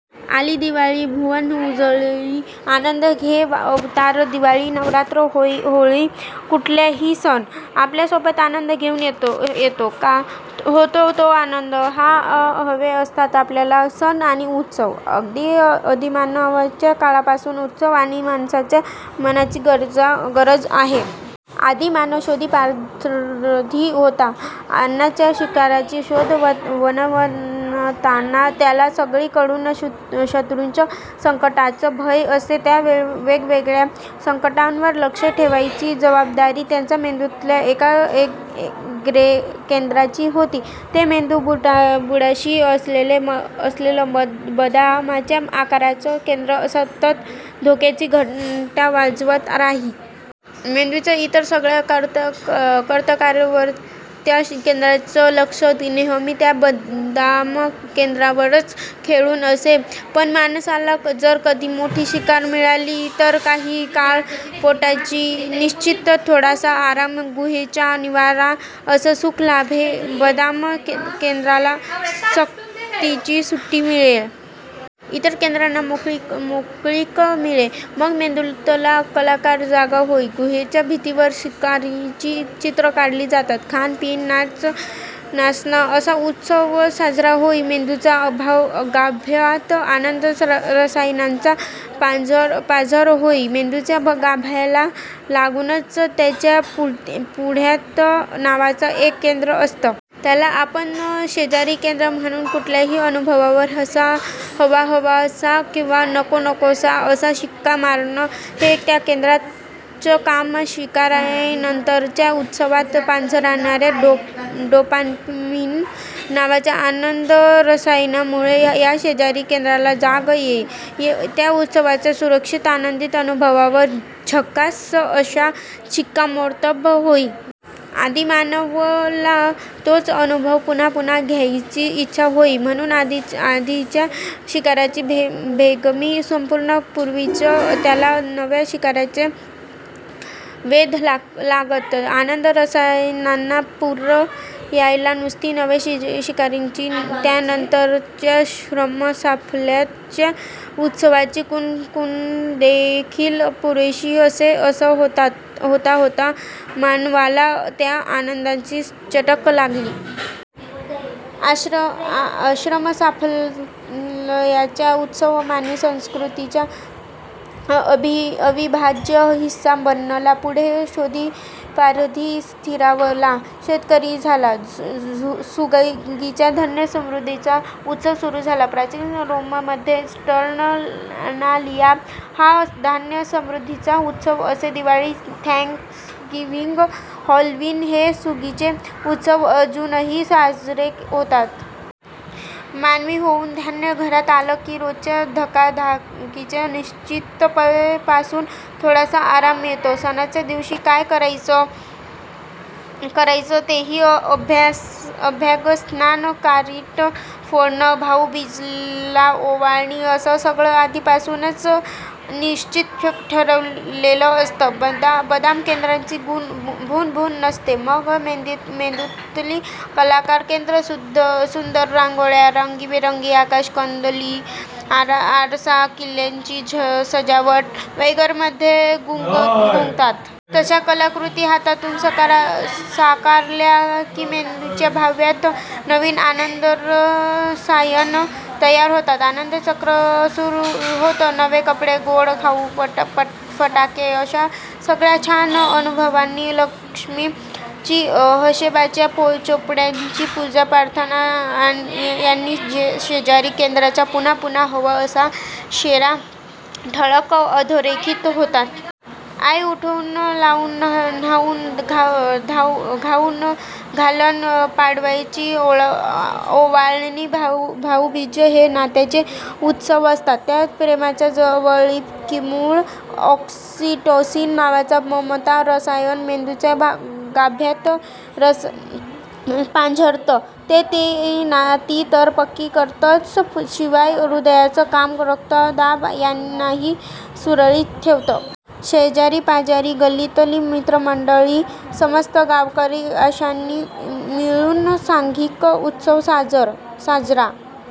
आली दिवाळी, भुवन उजळी, आनंद घे अवतार" दिवाळी, नवरात्र, होळी… कुठलाही सण आपल्यासोबत आनंद घेऊन येतो. का होतो तो आनंद? का हवे असतात आपल्याला सण आणि उत्सव? अगदी आदिमानवाच्या काळापासून उत्सव ही माणसाच्या मनाची गरज आहे. आदिमानव शोधीपारधी होता. अन्नाच्या, शिकारीच्या शोधात वणवणताना त्याला सगळीकडून शत्रूंचं, संकटांचं भय असे. त्या वेगवेगळ्या संकटांवर लक्ष ठेवायची जबाबदारी त्याच्या मेंदूतल्या एका केंद्राची होती. ते मेंदूच्या बुडाशी असलेलं बदामाच्या आकाराचं केंद्र सतत धोक्याची घंटा वाजवत राही. मेंदूच्या इतर सगळ्या कर्त्याकरवत्या केंद्रांचं लक्ष नेहमी त्या बदामकेंद्रावरच खिळून असे. पण माणसाला जर कधी मोठी शिकार मिळाली तर काही काळ पोटाची निश्चिंती, थोडासा आराम, गुहेचा निवारा असं सुख लाभे. बदामकेंद्राला सक्तीची सुट्टी मिळे. इतर केंद्रांना मोकळीक मिळे. मग मेंदूतला कलाकार जागा होई. गुहेच्या भिंतीवर शिकारीची चित्रं काढली जात. खाणं-पिणं-नाचणं असा उत्सव साजरा होई. मेंदूच्या गाभ्यात आनंद-रसायनांचा पाझर होई. मेंदूच्या गाभ्याला लागूनच, त्याच्या पुढ्यात नावाचं एक केंद्र असतं. त्याला आपण 'शेजारी' केंद्र म्हणू. कुठल्याही अनुभवावर 'हवाहवासा' किंवा 'नकोनकोसा' असा शिक्का मारणं, हे त्या केंद्राचं काम. शिकारीनंतरच्या उत्सवात पाझरणाऱ्या 'डोपामीन' नावाच्या आनंदरसायनामुळे त्या 'शेजारी' केंद्राला जाग येई. त्या उत्सवाच्या सुरक्षित, आनंदी अनुभवावर 'झक्कास' असं शिक्कामोर्तब होई. आदिमानवाला तोच अनुभव पुन्हा पुन्हा घ्यायची इच्छा होई. म्हणून आधीच्या शिकारीची बेगमी संपण्यापूर्वीच त्याला नव्या शिकारीचे वेध लागत. आनंद-रसायनांना पूर यायला नुसती नव्या शिकारीची, त्यानंतरच्या श्रमसाफल्याच्या उत्सवाची कुणकुणदेखील पुरेशी असे. असं होता होता मानवाला त्या आनंदाची चटक लागली. श्रमसाफल्याचा उत्सव मानवी संस्कृतीचा अविभाज्य हिस्सा बनला. पुढे शोधीपारधी स्थिरावला, शेतकरी झाला. सुगीचा, धान्यसमृद्धीचा उत्सव सुरू झाला. प्राचीन रोममध्ये 'सॅटर्नालिया' हा धान्यसमृद्धीचा उत्सव असे. दिवाळी, थँक्सगिव्हिंग, हॅलोवीन हे सुगीचे उत्सव अजूनही साजरे होतात. मळणी होऊन धान्य घरात आलं की, रोजच्या धकाधकीच्या अनिश्चिततेपासून थोडासा आराम मिळतो. सणाच्या दिवशी काय करायचं तेही, अभ्यंगस्नान, कारिट फोडणं, भाऊबीजेला ओवाळणी असं सगळं आधीपासूनच निश्चित ठरलेलं असतं. बदामकेंद्राची भुणभुण नसते. मग मेंदूतली कलाकार केंद्रं सुंदर रांगोळ्या, रंगीबेरंगी आकाशकंदील, आरास, किल्ल्यांची सजावट वगैरेंमध्ये गुंगतात. तशा कलाकृती हातून साकारल्या की मेंदूच्या गाभ्यात नवी आनंदरसायनं तयार होतात. आनंदचक्रच सुरू होतं. नवे कपडे, गोड खाऊ, फटाके अशा सगळ्या छान अनुभवांनी, लक्ष्मीची, हिशेबाच्या चोपड्यांची पूजा, प्रार्थना यांनी 'शेजारी' केंद्राचा 'पुन्हा पुन्हा हवं' असा शेरा ठळक, अधोरेखित होतो. आईने उटणं लावून न्हाऊ घालणं, पाडव्याची ओवाळणी, भाऊबीज हे नात्यांचे उत्सव असतात. त्या प्रेमाच्या जवळिकीमुळे 'ऑक्सिटोसिन' नावाचं ममता-रसायन मेंदूच्या गाभ्यात पाझरतं. ते ती नाती तर पक्की करतंच, शिवाय हृदयाचं काम, रक्तदाब यांनाही सुरळीत ठेवतं. शेजारीपाजारी, गल्लीतली मित्रमंडळी, समस्त गावकरी अशांनी मिळून सांघिक उत्सव साजरा...